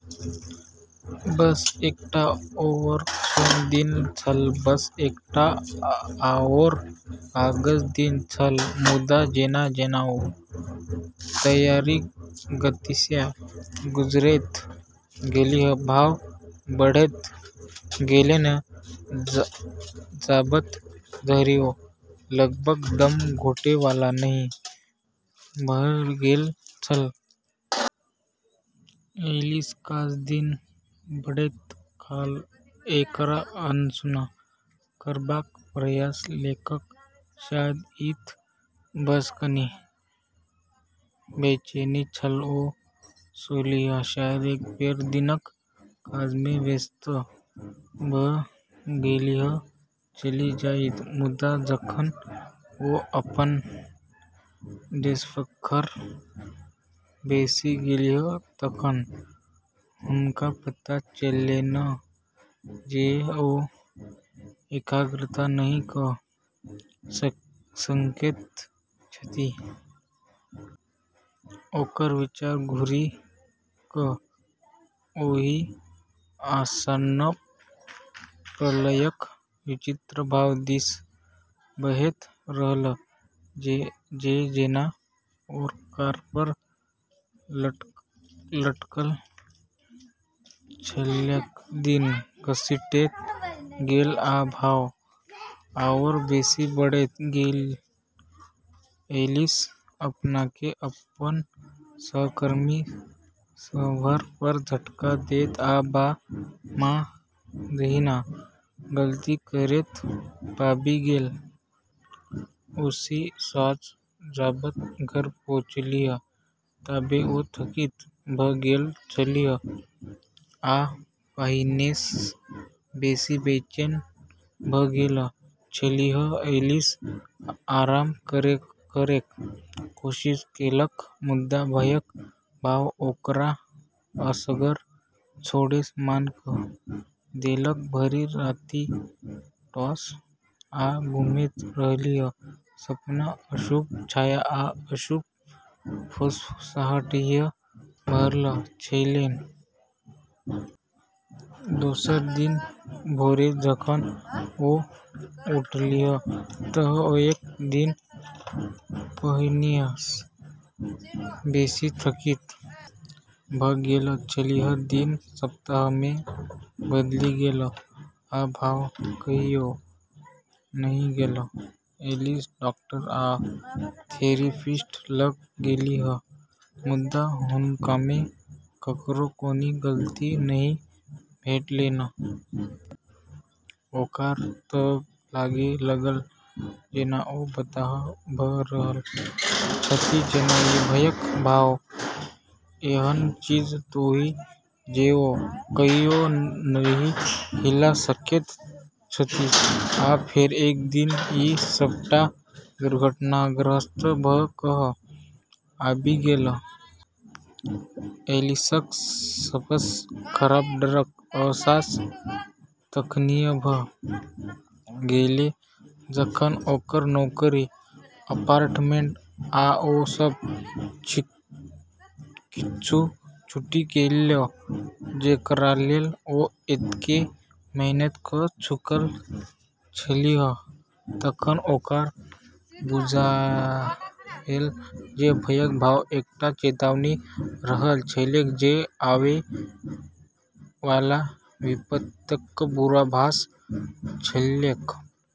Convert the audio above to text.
बस एकटा आओर सोम दिन छल, बस एकटा आओर काजक दिन छल। मुदा जेना-जेना ओ तैयारीक गतिसँ गुजरैत गेलीह, भाव बढ़ैत गेलैन जाबत धरि ओ लगभग दम घुटै वाला नहि भऽ गेल छल। ऐलिस काज दिस बढ़ैत काल एकरा अनसुना करबाक प्रयास केलक। शायद ई तऽ बस कनि बेचैनी छल, ओ सोचलीह। शायद एक बेर दिनक काजमे व्यस्त भऽ गेलीह तऽ चलि जाइत। मुदा जखन ओ अपन डेस्कपर बैसि गेलीह तखन हुनका पता चललैन जे ओ एकाग्रता नहि कऽ सकैत छथि। ओकर विचार घुरि कऽ ओहि आसन्न प्रलयक विचित्र भाव दिस बहैत रहल जे जेना ओकरापर लटकल छलैक। दिन घसीटैत गेल, आ भाव आओर बेसी बढ़ैत गेल। ऐलिस अपनाकेँ अपन सहकर्मी सभपर झटका दैत आ बामा-दहिना गलती करैत पाबि गेल। ओहि साँझ जाबत घर पहुँचलीह ताबे ओ थकित भऽ गेल छलीह आ पहिनेसँ बेसी बेचैन भऽ गेल छलीह। ऐलिस आराम करैक कोशिश केलक, मुदा भयक भाव ओकरा असगर छोड़ैसँ मना कऽ देलक। भरि राति टॉस आ घुमैत रहलीह, सपना अशुभ छाया आ अशुभ फुसफुसाहटिसँ भरल छलैन। दोसर दिन भोरे जखन ओ उठलीह तऽ ओ एक दिन पहिनेसँ बेसी थकित भऽ गेल छलीह। दिन सप्ताहमे बदलि गेल, आ भाव कहियो नहि गेल। ऐलिस डाक्टर आ थेरेपिस्ट लग गेलीह, मुदा हुनकामे ककरो कोनो गलती नहि भेटलैन। ओकरा तऽ लागै लगल जेना ओ बताह भऽ रहल छथि, जेना ई भयक भाव एहन चीज होइ जे ओ कहियो नहि हिला सकैत छथि। आ फेर, एक दिन, ई सबटा दुर्घटनाग्रस्त भऽ कऽ आबि गेल। ऐलिसक सबसँ खराब डरक अहसास तखनिये भऽ गेलै जखन ओकर नौकरी, अपार्टमेंट, आ ओ सब किछु छूटी गेलै जेकरालेल ओ एतेक मेहनत कऽ चुकल छलीह। तखन ओकरा बुझायल जे भयक भाव एकटा चेतावनी रहल छलैक, जे आवै वाला विपत्तिक पूर्वाभास छलैक।